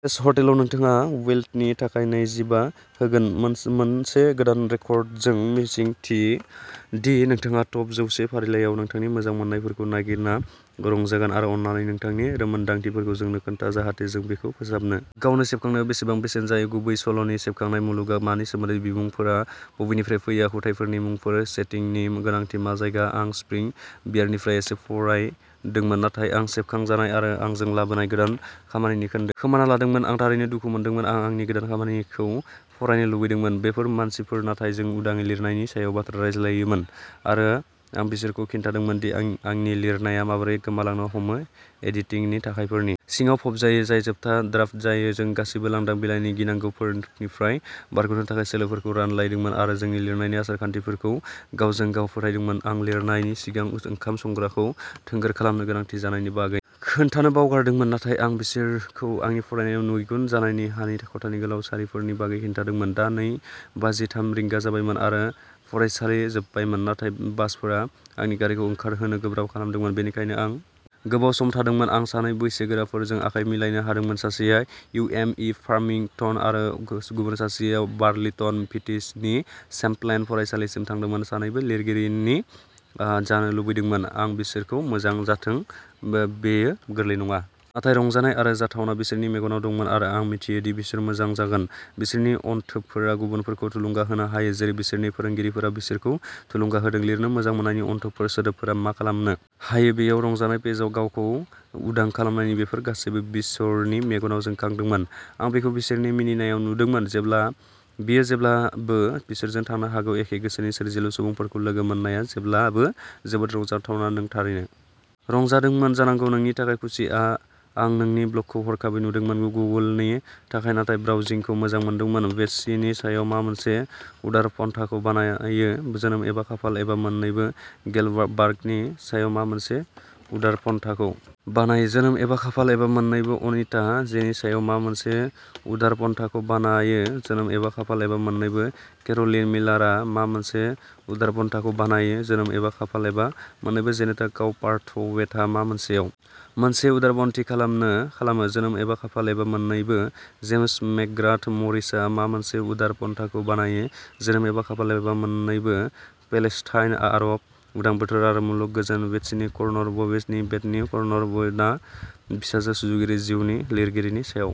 palace ह'टेलाव नोंथाङा वैलेटनि थाखाय नै जिबा होगोन मोनसे गोदान रेकर्ड जों मिजिंथियो दि नोंथाङा टप जौवसे फारिलाइयाव नोंथांनि मोजां मोनजानायफोरखौ नागिरना रंजागोन आरो अन्नानै नोंथांनि रोंमोनदांथिफोरखौ जोंनो खोन्था जाहाथे जों बेखौ फोसाबनो गावनो सेबखांनायाव बेसेबां बेसेन जायो गुबैसल'नि सेबखांनाय मुलुगआ मानि सोमोन्दै बिमुंफोरा बबेनिफ्राय फैयो आखुथाइफोरनि मुंफोर सेटिंनि गोनांथि मा जायगा आं स्प्रिं बियारनिफ्राय एसे फरायदोंमोन नाथाय आं सेबखांजानाय आरो आंजों लाबोनाय गोदान खामानिनि खोन्दोखौ खोमाना लादोंमोन आं थारैनो दुखु मोनदोंमोन आं आंनि गोदान खामानिखौ फरायनो लुबैदोंमोन बेफोर मानसिफोर नाथाय जों उदाङै लिरनायनि सायाव बाथ्रा रायज्लायोमोन आरो आं बिसोरखौ खिन्थादोंमोन दि आं आंनि लिरनाया माबोरै गोमालांनो हमो एडिटिंगनि थाखोफोरनि सिङाव फबजायो जाय जोबथा ड्राफ्ट जायो जों गासिबो लांदां बिलाइनि गिनांगौनिफ्राय बारग'नो थाखाय सोलोफोरखौ रानलायदोंमोन आरो जोंनि लिरनायनि आसार खान्थिफोरखौ गावजों गाव फोथायदोंमोन आं लिरनायनि सिगां ओंखाम संग्राखौ थोंगोर खालामनो गोनां जानायनि बागै खोन्थानो बावगारदोंमोन नाथाय आं बिसोरखौ आंनि फरायनायाव नैगुन जानाय हानि खथानि गोलाव सारिफोरनि बागै खिन्थादोंमोन दा नै बाजि थामजि रिंगा जाबायमोन आरो फरायसालि जोबबायमोन नाथाय बासफोरा आंनि गारिखौ ओंखारहोनो गोब्राब खालामदोंमोन बेनिखायनो आं गोबाव सम थादोंमोन आं सानै बैसोगोराफोरजों आखाय मिलायनो हादोंमोन सासेया इउ एम इ फार्मिंगटन आरो गुबुन सासेया बार्लिंटन भिटिनि चेम्प्लेन फरायसालिमासिम थांदोंमोन सानैबो लिरगिरि जानो लुबैदोंमोन आं बिसोरखौ मोजां जाथों बेयो गोरलै नङा नाथाय रंजानाय आरो जाथावना बिसोरनि मेगनाव दंमोन आरो आं मिथियो दि बिसोर मोजां जागोन बिसोरनि अनथोबफोरा गुबुनफोरखौ थुलुंगा होनो हायो जेरै बिसोरनि फोरोंगिरिफोरा बिसोरखौ थुलुंगा होदों लिरनो मोजां मोननायनि अनथोबफोर सोदोबफोरा मा खालामनो हायो बेयाव रंजानाय पेजआव गावखौ उदां खालामनायनि बेफोर गासैबो बिसोरनि मेगनाव जोंखांदोंमोन आं बेखौ बिसोरनि मिनिनायाव नुदोंमोन जेब्ला बेयो जेब्लाबो बिसोरजों थानो हागौ एखे गोसोनि सोरजिलु सुबुंफोरखौ लोगो मोननाया जेब्लाबो जोबोद रंजाथाव नों थारैनो रंजादोंमोन जानांगौ नोंनि थाखाय खुसि आ आं नोंनि ब्लगखौ हरखाबै नुदोंमोन गुगोलनि थाखाय नाथाय ब्राउजिंखौ मोजां मोनदोंमोन बेट्सीनि सायाव मा मोनसे उदारपन्थाखौ बानायो जोनोम एबा खाफाल एबा मोन्नैबो गेल बार्कनि सायाव मा मोनसे उदारपन्थाखौ बानायो जोनोम एबा खाफाल एबा मोन्नैबो अनिता जेनि सायाव मा मोनसे उदारपन्थाखौ बानायो जोनोम एबा खाफाल एबा मोन्नैबो केर'लिन मिलारआ मा मोनसे उदारपन्थाखौ बानायो जोनोम एबा खाफाल एबा मोन्नैबो जेनेट काउपार्थवेटआ मा मोनसेआव मोनसे उदारपन्थी खालामो जोनोम एबा खाफाल एबा मोननैबो जेम्स मेकग्राथ मरिसआ मा मोनसे उदारपन्थाखौ बानायो जोनोम एबा खाफाल एबा मोन्नैबो पेलेस्टाइन आरब उदां बोथोर आरो मुलुग गोजोन-बेट्सी कनर बवेन बेटसी कनर बवेनआ फिसाजो सुजुगिरि जिउ लिरगिरिनि सायाव